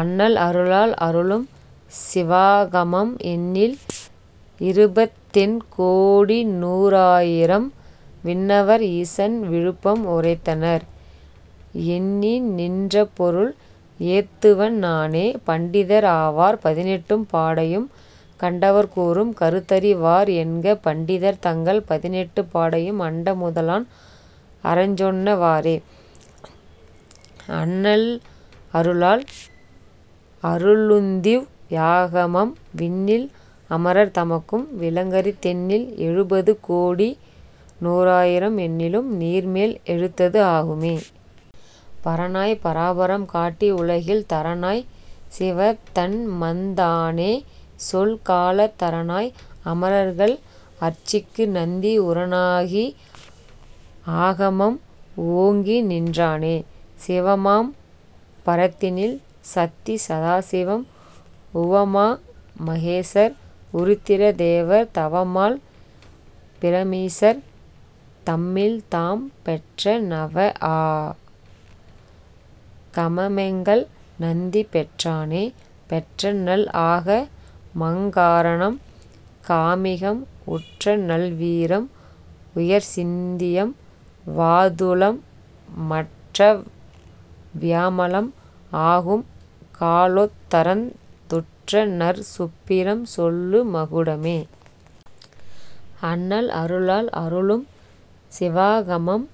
அண்ணல் அருளால் அருளும் சிவாகமம் எண்ணில் இருபத்தெண் கோடிநூ றாயிரம் விண்ணவர் ஈசன் விழுப்பம் உரைத்தனர் எண்ணிநின் றப்பொருள் ஏத்துவன் நானே. பண்டிதர் ஆவார் பதினெட்டும் பாடையும் கண்டவர் கூறும் கருத்தறி வார்என்க பண்டிதர் தங்கள் பதினெட்டுப் பாடையும் அண்ட முதலான் அறஞ்சொன்ன வாறே. அண்ணல் அருளால் அருளுந்திவ் யாகமம் விண்ணில் அமரர் தமக்கும் விளங்கரி தெண்ணில் எழுபது கோடிநூ றாயிரம் எண்ணிலும் நீர்மேல் எழுத்தது ஆகுமே. பரனாய் பராபரம் காட்டி உலகில் தரனாய்ச் சிவதன்மந் தானேசொல் காலத் தரனாய் அமரர்கள் அர்ச்சிக்கு நந்தி உரனாகி ஆகமம் ஓங்கிநின் றானே. சிவமாம் பரத்தினில் சத்தி சதாசிவம் உவமா மகேசர் உருத்திர தேவர் தவமால் பிரமீசர் தம்மில்தாம் பெற்ற நவஆ கமமெங்கள் நந்திபெற் றானே. பெற்றநல் ஆகமங் காரணம் காமிகம் உற்றநல் வீரம் உயர்சிந்தியம் வாதுளம் மற்றவ் வியாமளம் ஆகும்கா லோத்தரந் துற்றநற் சுப்பிரம் சொல்லு மகுடமே. அண்ணல் அருளால் அருளும் சிவாகமம்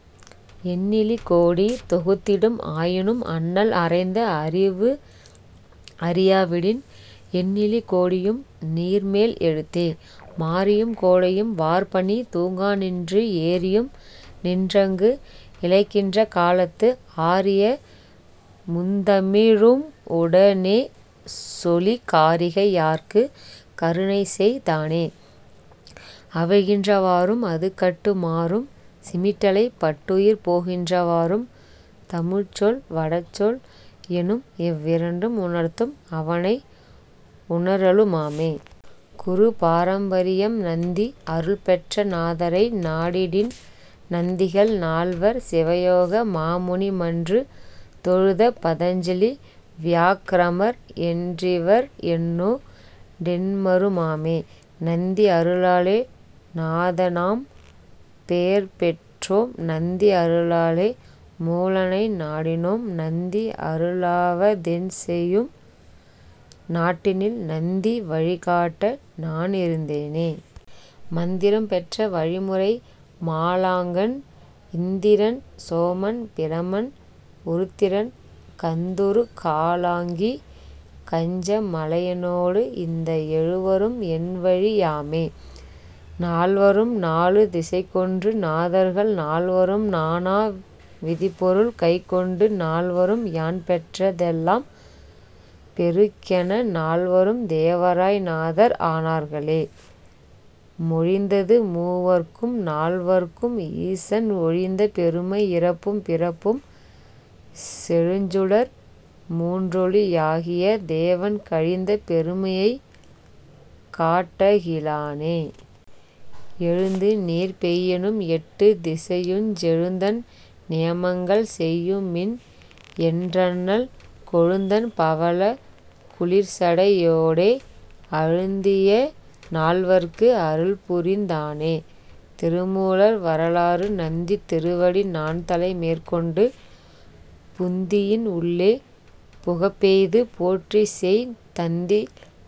எண்ணிலி கோடி தொகுத்திடும் ஆயினும் அண்ணல் அறைந்த அறிவுஅறி யாவிடின் எண்ணிலி கோடியும் நீர்மேல் எழுத்தே. மாரியும் கோடையும் வார்பனி தூங்கநின்று ஏரியும் நின்றங்கு இளைக்கின்ற காலத்து ஆரிய முந்தமி ழும்உட னேசொலிக் காரிகை யார்க்குக் கருணைசெய் தானே. அவிழ்கின்ற வாறும் அதுகட்டு மாறும் சிமிட்டலைப் பட்டுயிர் போகின்ற வாறும் தமிழ்ச்சொல் வடசொல் எனும்இவ் விரண்டும் உணர்த்தும் அவனை உணரலு மாமே... குரு பாரம்பரியம் நந்தி அருள்பெற்ற நாதரை நாடிடின் நந்திகள் நால்வர் சிவயோக மாமுனி மன்று தொழுத பதஞ்சலி வியாக்ரமர் என்றிவர் என்னோ டெண்மரு மாமே. நந்தி அருளாலே நாதனாம் பேர்பெற்றோம் நந்தி அருளாலே மூலனை நாடினோம் நந்தி அருளாவ தென்செயும் நாட்டினில் நந்தி வழிகாட்ட நானிருந் தேனே. மந்திரம் பெற்ற வழிமுறை மாலாங்கன் இந்திரன் சோமன் பிரமன் உருத்திரன் கந்துருக் காலாங்கி கஞ்ச மலையனோடு இந்த எழுவரும் என்வழி யாமே. நால்வரும் நாலு திசைக்கொன்று நாதர்கள் நால்வரும் நானா விதப்பொருள் கைக்கொண்டு நால்வரும் யான்பெற்ற தெல்லாம் பெறுகென நால்வரும் தேவராய் நாதர் ஆனார்களே. மொழிந்தது மூவர்க்கும் நால்வர்க்கும் ஈசன் ஒழிந்த பெருமை இறப்பும் பிறப்பும் செழுஞ்சுடர் மூன்றொளி யாகிய தேவன் கழிந்த பெருமையைக் காட்டகி லானே. எழுந்துநீர் பெய்யினும் எட்டுத் திசையுஞ் செழுந்தண் நியமங்கள் செய்யுமின் என்றண்ணல் கொழுந்தண் பவளக் குளிர்சடை யோடே அழுந்திய நால்வர்க்கு அருள்புரிந் தானே.... திருமூலர் வரலாறு நந்தி திருவடி நான்தலை மேற்கொண்டு புந்தியின் உள்ளே புகப்பெய்து போற்றிசெய் தந்தி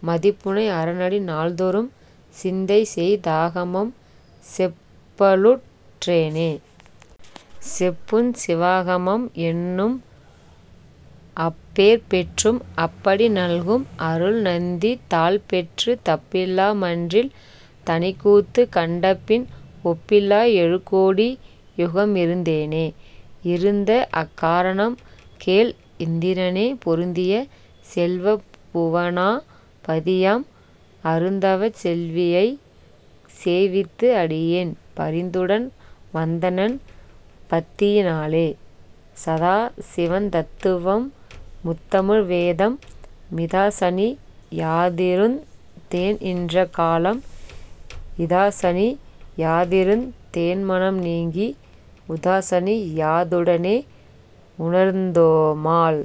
மதிபுனை அரனடி நாள்தொறும் சிந்தைசெய் தாகமம் செப்பலுற் றேனே. செப்புஞ் சிவாகமம் என்னும்அப் பேர்பெற்றும் அப்படி நல்கும் அருள்நந்தி தாள்பெற்றுத் தப்பிலா மன்றில் தனிக்கூத்துக் கண்டபின் ஒப்பிலா எழுகோடி யுகமிருந் தேனே. இருந்தஅக் காரணம் கேள்இந் திரனே பொருந்திய செல்வப் புவனா பதியாம் அருந்தவச் செல்வியைச் சேவித்து அடியேன் பரிந்துடன் வந்தனன் பத்தியி னாலே. சதாசிவந் தத்துவம் முத்தமிழ் வேதம் மிதாசனி யாதிருந் தேன்இன்ற காலம் இதாசனி யாதிருந் தேன்மனம் நீங்கி உதாசனி யாதுடனே உணர்ந் தோமால்.